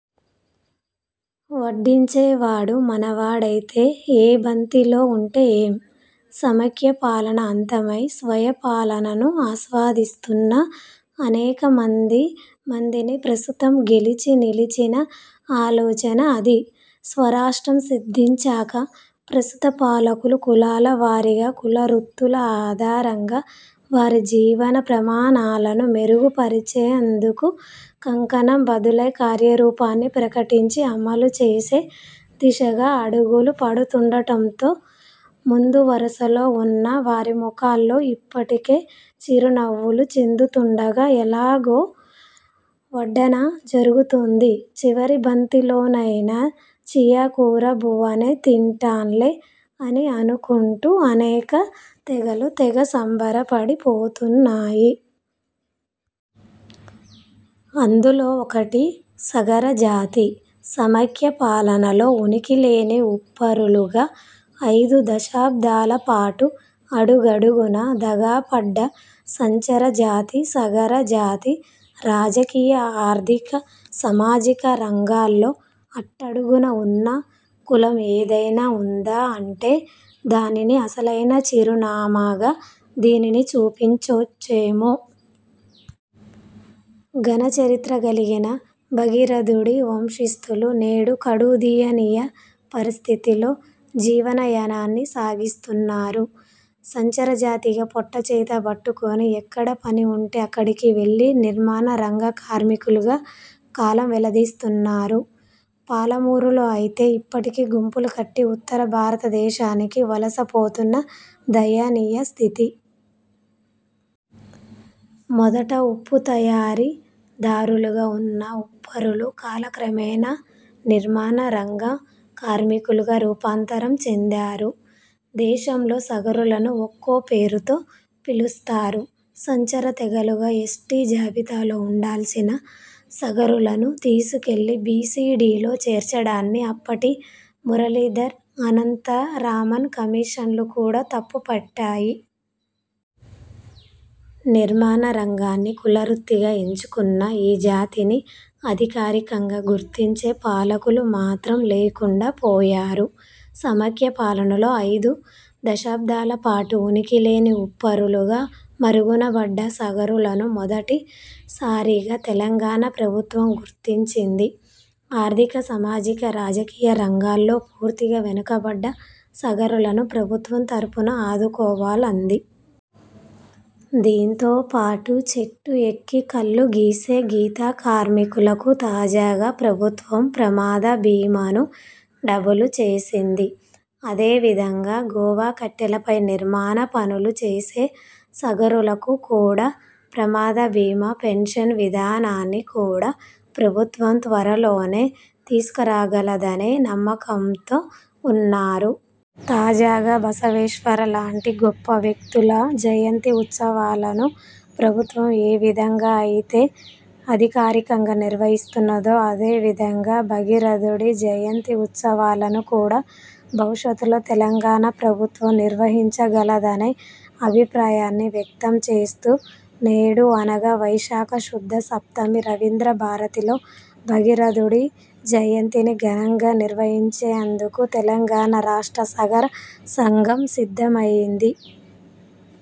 వడ్డించేవాడు మనవాడైతే, ఏ బంతిలో ఉంటే ఏం? సమైక్య పాలన అంతమై స్వయం పాలనను ఆస్వాదిస్తున్న అనేక మంది మదిని ప్రస్తుతం గెలిచి, నిలిచిన ఆలోచన అది. స్వరాష్ట్రం సిద్ధించాక ప్రస్తుత పాలకులు కులాల వారీగా, కులవృత్తుల ఆధారంగా వారి జీవన ప్రమాణాలను మెరుగు పరిచేందుకు కంకణ బద్ధులై కార్యరూపాన్ని ప్రకటించి అమలుచేసే దిశగా అడుగులు పడుతుండటంతో ముందు వరుసలో ఉన్న వారి ముఖాల్లో ఇప్పటికే చిరునవ్వులు చిందుతూండగా, 'ఎలాగో వడ్డన జరుగుతోంది, చివరి బంతిలోనైనా చియ్య కూర బువ్వనే తింటాంలే' అని అనుకుంటూ అనేక తెగలు తెగ సంబరపడి పోతున్నాయి. అందులో ఒకటి సగర జాతి. సమైక్య పాలనలో ఉనికి లేని ఉప్పరులుగా ఐదు దశాబ్ధాల పాటు అడుగడుగునా దగా పడ్డ సంచార జాతి సగర జాతి. రాజకీయ, ఆర్థిక, సామాజిక రంగాల్లో అట్టడగున ఉన్న కులం ఏదైనా ఉందా అంటే దానిని అసలైన చిరునామాగా దీనిని చూపించొచ్చేమో! ఘన చరిత్ర కల్గిన భగీరథుడి వంశస్తులు నేడు కడుదీయనీయ పరిస్థితుల్లో జీవనయానాన్ని సాగిస్తున్నారు. సంచారజాతిగా పొట్ట చేతబట్టుకొని ఎక్కడ పని ఉంటే అక్కడికి వెళ్లి నిర్మాణ రంగ కార్మికులుగా కాలం వెళ్లదీస్తున్నారు. పాలమూరులో అయితే ఇప్పటికీ గుంపులు కట్టి ఉత్తర భారతదేశానికి వలస పోతున్న దయనీయస్థితి. మొదట ఉప్పు తయారీ దారులుగా ఉన్న ఉప్పరులు కాలక్రమేణా నిర్మాణ రంగ కార్మికులుగా రూపాంతరం చెందారు. దేశంలో సగరులను ఒక్కో పేరుతో పిలుస్తారు. సంచార తెగలుగా ఎస్టీ జాబితాలో ఉండాల్సిన సగరులను తీసుకెళ్లి బీసీ–డీలో చేర్చడాన్ని అప్పటి మురళీధర్, అనంతరామన్ కమిషన్లు కూడా తప్పు పట్టాయి. నిర్మాణ రంగాన్ని కులవృత్తిగా ఎంచుకున్న ఈ జాతిని అధికారికంగా గుర్తించే పాలకులు మాత్రం లేకుండా పోయారు. సమైక్య పాలనలో ఐదు దశాబ్దాల పాటు ఉనికి లేని ఉప్పరులుగా మరుగునపడ్డ సగరులను మొదటి సారిగా తెలంగాణ ప్రభుత్వం గుర్తించింది. ఆర్థిక, సామాజిక, రాజకీయ రంగాల్లో పూర్తిగా వెనుకబడ్డ సగరులను ప్రభుత్వం తరఫున ఆదుకోవాలంది. దీంతో పాటు చెట్టు ఎక్కి కల్లు గీసే గీత కార్మికులకు తాజాగా ప్రభుత్వం ప్రమాద బీమాను డబుల్ చేసింది. అదే విధంగా గోవా కట్టెలపై నిర్మాణ పనులు చేసే సగరులకు కూడా ప్రమాద బీమా, పెన్షన్ విధానాన్ని కూడా ప్రభుత్వం త్వరలోనే తీసుకురాగలదనే నమ్మకంతో ఉన్నారు. తాజాగా బసవేశ్వర లాంటి గొప్ప వ్యక్తుల జయంతి ఉత్సవాలను ప్రభుత్వం ఏ విధంగా అయితే అధికారికంగా నిర్వహిస్తున్నదో అదేవిధంగా భగీరథుడి జయంతి ఉత్సవాలను కూడా భవిష్యత్తులో తెలంగాణ ప్రభుత్వం నిర్వహించగలదనే అభిప్రాయాన్ని వ్యక్తం చేస్తూ, నేడు అనగా వైశాఖ శుద్ధ సప్తమి రవీంద్ర భారతిలో భగరథుడి జయంతిని ఘనంగా నిర్వహించేందుకు తెలంగాణ రాష్ట్ర సగర సంఘం సిద్ధమైంది.